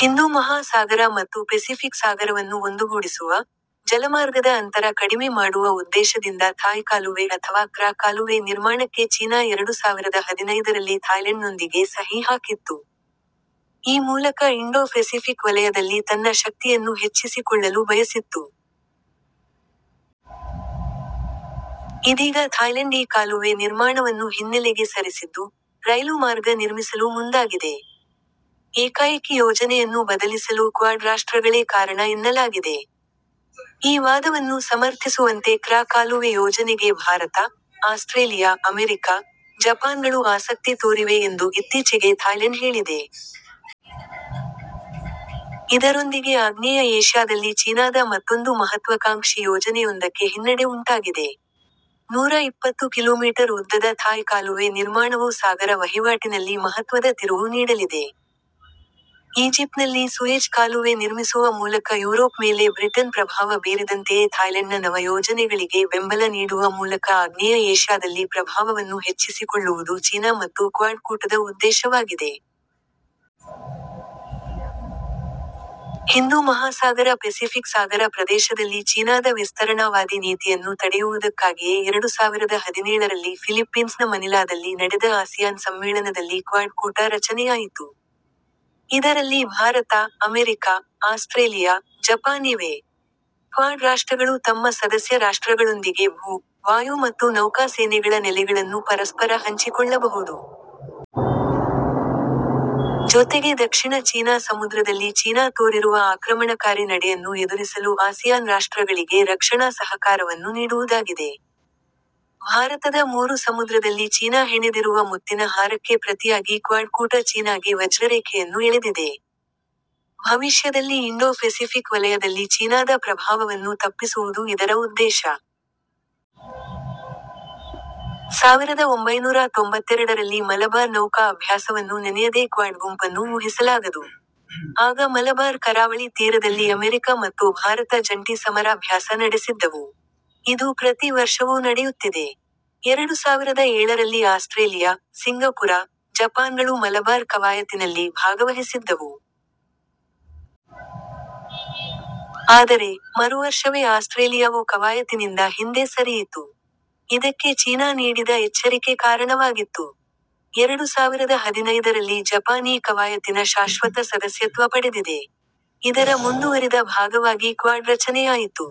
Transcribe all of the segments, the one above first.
ಹಿಂದೂ ಮಹಾ ಸಾಗರ ಮತ್ತು ಪೆಸಿಫಿಕ್ ಸಾಗರವನ್ನು ಒಂದುಗೂಡಿಸುವ, ಜಲಮಾರ್ಗದ ಅಂತರ ಕಡಿಮೆ ಮಾಡುವ ಉದ್ದೇಶದಿಂದ ಥಾಯ್ ಕಾಲುವೆ ಅಥವಾ ಕ್ರಾ ಕಾಲುವೆ ನಿರ್ಮಾಣಕ್ಕೆ ಚೀನಾ ಎರಡು ಸಾವಿರದ ಹದಿನೈದರಲ್ಲಿ ಥಾಯ್ಲೆಂಡ್ನೊಂದಿಗೆ ಸಹಿ ಹಾಕಿತ್ತು. ಈ ಮೂಲಕ ಇಂಡೊ ಫೆಸಿಫಿಕ್ ವಲಯದಲ್ಲಿ ತನ್ನ ಶಕ್ತಿಯನ್ನು ಹೆಚ್ಚಿಸಿಕೊಳ್ಳಲು ಬಯಸಿತ್ತು. ಇದೀಗ ಥಾಯ್ಲೆಂಡ್ ಈ ಕಾಲುವೆ ನಿರ್ಮಾಣವನ್ನು ಹಿನ್ನೆಲೆಗೆ ಸರಿಸಿದ್ದು, ರೈಲು ಮಾರ್ಗ ನಿರ್ಮಿಸಲು ಮುಂದಾಗಿದೆ. ಏಕಾಏಕಿ ಯೋಜನೆಯನ್ನು ಬದಲಿಸಲು ಕ್ವಾಡ್ ರಾಷ್ಟ್ರಗಳೇ ಕಾರಣ ಎನ್ನಲಾಗಿದೆ. ಈ ವಾದವನ್ನು ಸಮರ್ಥಿಸುವಂತೆ ಕ್ರಾ ಕಾಲುವೆ ಯೋಜನೆಗೆ ಭಾರತ, ಆಸ್ಟ್ರೇಲಿಯಾ, ಅಮೆರಿಕ, ಜಪಾನ್ಗಳು ಆಸಕ್ತಿ ತೋರಿವೆ ಎಂದು ಇತ್ತೀಚೆಗೆ ಥಾಯ್ಲೆಂಡ್ ಹೇಳಿದೆ. ಇದರೊಂದಿಗೆ ಆಗ್ನೇಯ ಏಷ್ಯಾದಲ್ಲಿ ಚೀನಾದ ಮತ್ತೊಂದು ಮಹತ್ವಕಾಂಕ್ಷಿ ಯೋಜನೆಯೊಂದಕ್ಕೆ ಹಿನ್ನಡೆ ಉಂಟಾಗಿದೆ. ನೂರಾ ಇಪ್ಪತ್ತು ಕಿಲೋಮೀಟರ್ ಉದ್ದದ ಥಾಯ್ ಕಾಲುವೆ ನಿರ್ಮಾಣವು ಸಾಗರ ವಹಿವಾಟಿನಲ್ಲಿ ಮಹತ್ವದ ತಿರುವು ನೀಡಲಿದೆ. ಈಜಿಪ್ಟ್ನಲ್ಲಿ ಸೂಯೆಜ್ ಕಾಲುವೆ ನಿರ್ಮಿಸುವ ಮೂಲಕ ಯೂರೋಪ್ ಮೇಲೆ ಬ್ರಿಟನ್ ಪ್ರಭಾವ ಬೀರಿದಂತೆಯೇ ಥಾಯ್ಲೆಂಡ್ನ ನವ ಯೋಜನೆಗಳಿಗೆ ಬೆಂಬಲ ನೀಡುವ ಮೂಲಕ ಆಗ್ನೇಯ ಏಷ್ಯಾದಲ್ಲಿ ಪ್ರಭಾವವನ್ನು ಹೆಚ್ಚಿಸಿಕೊಳ್ಳುವುದು ಚೀನಾ ಮತ್ತು ಕ್ವಾಡ್ ಕೂಟದ ಉದ್ದೇಶವಾಗಿದೆ. ಹಿಂದೂ ಮಹಾಸಾಗರ ಪೆಸಿಫಿಕ್ ಸಾಗರ ಪ್ರದೇಶದಲ್ಲಿ ಚೀನಾದ ವಿಸ್ತರಣಾವಾದಿ ನೀತಿಯನ್ನು ತಡೆಯುವುದಕ್ಕಾಗಿಯೇ ಎರಡು ಸಾವಿರದ ಹದಿನೇಳರಲ್ಲಿ ಫಿಲಿಪ್ಪೀನ್ಸ್ನ ಮನಿಲಾದಲ್ಲಿ ನಡೆದ ಆಸಿಯಾನ್ ಸಮ್ಮೇಳನದಲ್ಲಿ ಕ್ವಾಡ್ ಕೂಟ ರಚನೆಯಾಯಿತು. ಇದರಲ್ಲಿ ಭಾರತ, ಅಮೆರಿಕ, ಆಸ್ಟ್ರೇಲಿಯಾ, ಜಪಾನ್ ಇವೆ. ಕ್ವಾಡ್ ರಾಷ್ಟಗಳು ತಮ್ಮ ಸದಸ್ಯ ರಾಷ್ಟ್ರಗಳೊಂದಿಗೆ ಭೂ, ವಾಯು ಮತ್ತು ನೌಕಾ ಸೇನೆಗಳ ನೆಲೆಗಳನ್ನು ಪರಸ್ಪರ ಹಂಚಿಕೊಳ್ಳಬಹುದು. ಜೊತೆಗೆ ದಕ್ಷಿಣ ಚೀನಾ ಸಮುದ್ರದಲ್ಲಿ ಚೀನಾ ತೋರಿರುವ ಆಕ್ರಮಣಕಾರಿ ನಡೆಯನ್ನು ಎದುರಿಸಲು ಆಸಿಯಾನ್ ರಾಷ್ಟ್ರಗಳಿಗೆ ರಕ್ಷಣಾ ಸಹಕಾರವನ್ನು ನೀಡುವುದಾಗಿದೆ. ಭಾರತದ ಮೂರು ಸಮುದ್ರದಲ್ಲಿ ಚೀನಾ ಹೆಣೆದಿರುವ ಮುತ್ತಿನ ಹಾರಕ್ಕೆ ಪ್ರತಿಯಾಗಿ ಕ್ವಾಡ್ ಕೂಟ ಚೀನಾಗೆ ವಜ್ರರೇಖೆಯನ್ನು ಎಳೆದಿದೆ. ಭವಿಷ್ಯದಲ್ಲಿ ಇಂಡೊ ಫೆಸಿಫಿಕ್ ವಲಯದಲ್ಲಿ ಚೀನಾದ ಪ್ರಭಾವವನ್ನು ತಪ್ಪಿಸುವುದು ಇದರ ಉದ್ದೇಶ. ಸಾವಿರದ ಒಂಬೈನೂರಾ ತೊಂಬತ್ತೆರಡರಲ್ಲಿ ಮಲಬಾರ್ ನೌಕಾ ಅಭ್ಯಾಸವನ್ನು ನೆನೆಯದೇ ಕ್ವಾಡ್ ಗುಂಪನ್ನು ಊಹಿಸಲಾಗದು. ಆಗ ಮಲಬಾರ್ ಕರಾವಳಿ ತೀರದಲ್ಲಿ ಅಮೆರಿಕ ಮತ್ತು ಭಾರತ ಜಂಟಿ ಸಮರಾಭ್ಯಾಸ ನಡೆಸಿದ್ದವು. ಇದು ಪ್ರತಿ ವರ್ಷವೂ ನಡೆಯುತ್ತಿದೆ. ಎರಡು ಸಾವಿರದ ಏಳರಲ್ಲಿ ಆಸ್ಟ್ರೇಲಿಯಾ, ಸಿಂಗಪುರ, ಜಪಾನ್ಗಳು ಮಲಬಾರ್ ಕವಾಯತಿನಲ್ಲಿ ಭಾಗವಹಿಸಿದ್ದವು. ಆದರೆ, ಮರುವರ್ಷವೇ ಆಸ್ಟ್ರೇಲಿಯಾವು ಕವಾಯತಿನಿಂದ ಹಿಂದೆ ಸರಿಯಿತು. ಇದಕ್ಕೆ ಚೀನಾ ನೀಡಿದ ಎಚ್ಚರಿಕೆ ಕಾರಣವಾಗಿತ್ತು. ಎರಡು ಸಾವಿರದ ಹದಿನೈದರಲ್ಲಿ ಜಪಾನ್ ಈ ಕವಾಯತಿನ ಶಾಶ್ವತ ಸದಸ್ಯತ್ವ ಪಡೆದಿದೆ. ಇದರ ಮುಂದುವರಿದ ಭಾಗವಾಗಿ ಕ್ವಾಡ್ ರಚನೆಯಾಯಿತು.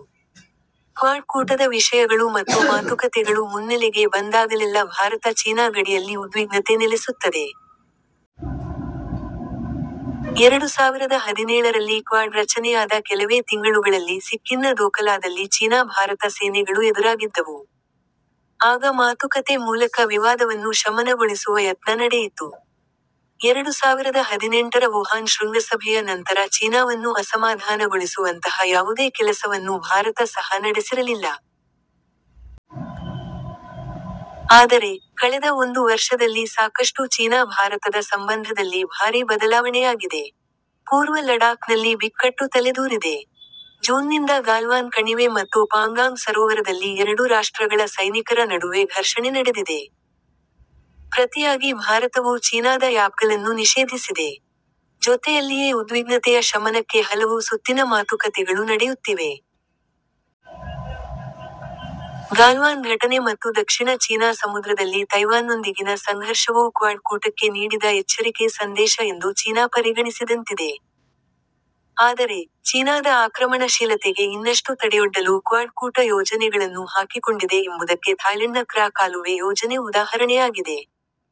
ಕ್ವಾಡ್ ಕೂಟದ ವಿಷಯಗಳು ಮತ್ತು ಮಾತುಕತೆಗಳು ಮುನ್ನೆಲೆಗೆ ಬಂದಾಗಲೆಲ್ಲ ಭಾರತ ಚೀನಾ ಗಡಿಯಲ್ಲಿ ಉದ್ವಿಗ್ನತೆ ನೆಲೆಸುತ್ತದೆ. ಎರಡು ಸಾವಿರದ ಹದಿನೇಳರಲ್ಲಿ ಕ್ವಾಡ್ ರಚನೆಯಾದ ಕೆಲವೇ ತಿಂಗಳುಗಳಲ್ಲಿ ಸಿಕ್ಕಿಂನ ದೋಕಲಾದಲ್ಲಿ ಚೀನಾ ಭಾರತ ಸೇನೆಗಳು ಎದುರಾಗಿದ್ದವು. ಆಗ ಮಾತುಕತೆ ಮೂಲಕ ವಿವಾದವನ್ನು ಶಮನಗೊಳಿಸುವ ಯತ್ನ ನಡೆಯಿತು. ಎರಡು ಸಾವಿರದ ಹದಿನೆಂಟರ ವುಹಾನ್ ಶೃಂಗಸಭೆಯ ನಂತರ ಚೀನಾವನ್ನು ಅಸಮಾಧಾನಗೊಳಿಸುವಂತಹ ಯಾವುದೇ ಕೆಲಸವನ್ನು ಭಾರತ ಸಹ ನಡೆಸಿರಲಿಲ್ಲ. ಆದರೆ, ಕಳೆದ ಒಂದು ವರ್ಷದಲ್ಲಿ ಸಾಕಷ್ಟು ಚೀನಾ ಭಾರತದ ಸಂಬಂಧದಲ್ಲಿ ಭಾರಿ ಬದಲಾವಣೆಯಾಗಿದೆ. ಪೂರ್ವ ಲಡಾಖ್ನಲ್ಲಿ ಬಿಕ್ಕಟ್ಟು ತಲೆದೂರಿದೆ. ಜೂನ್ನಿಂದ ಗಾಲ್ವಾನ್ ಕಣಿವೆ ಮತ್ತು ಪಾಂಗಾಂಗ್ ಸರೋವರದಲ್ಲಿ ಎರಡೂ ರಾಷ್ಟ್ರಗಳ ಸೈನಿಕರ ನಡುವೆ ಘರ್ಷಣೆ ನಡೆದಿದೆ. ಪ್ರತಿಯಾಗಿ ಭಾರತವೂ ಚೀನಾದ ಆ್ಯಪ್ಗಳನ್ನು ನಿಷೇಧಿಸಿದೆ. ಜೊತೆಯಲ್ಲಿಯೇ ಉದ್ವಿಗ್ನತೆಯ ಶಮನಕ್ಕೆ ಹಲವು ಸುತ್ತಿನ ಮಾತುಕತೆಗಳು ನಡೆಯುತ್ತಿವೆ. ಗಾಲ್ವಾನ್ ಘಟನೆ ಮತ್ತು ದಕ್ಷಿಣ ಚೀನಾ ಸಮುದ್ರದಲ್ಲಿ ತೈವಾನ್ನೊಂದಿಗಿನ ಸಂಘರ್ಷವೂ ಕ್ವಾಡ್ ಕೂಟಕ್ಕೆ ನೀಡಿದ ಎಚ್ಚರಿಕೆ ಸಂದೇಶ ಎಂದು ಚೀನಾ ಪರಿಗಣಿಸಿದಂತಿದೆ. ಆದರೆ, ಚೀನಾದ ಆಕ್ರಮಣಶೀಲತೆಗೆ ಇನ್ನಷ್ಟು ತಡೆಯೊಡ್ಡಲು ಕ್ವಾಡ್ ಕೂಟ ಯೋಜನೆಗಳನ್ನು ಹಾಕಿಕೊಂಡಿದೆ ಎಂಬುದಕ್ಕೆ ಥಾಯ್ಲೆಂಡ್ನ ಕ್ರಾ ಕಾಲುವೆ ಯೋಜನೆ ಉದಾಹರಣೆಯಾಗಿದೆ.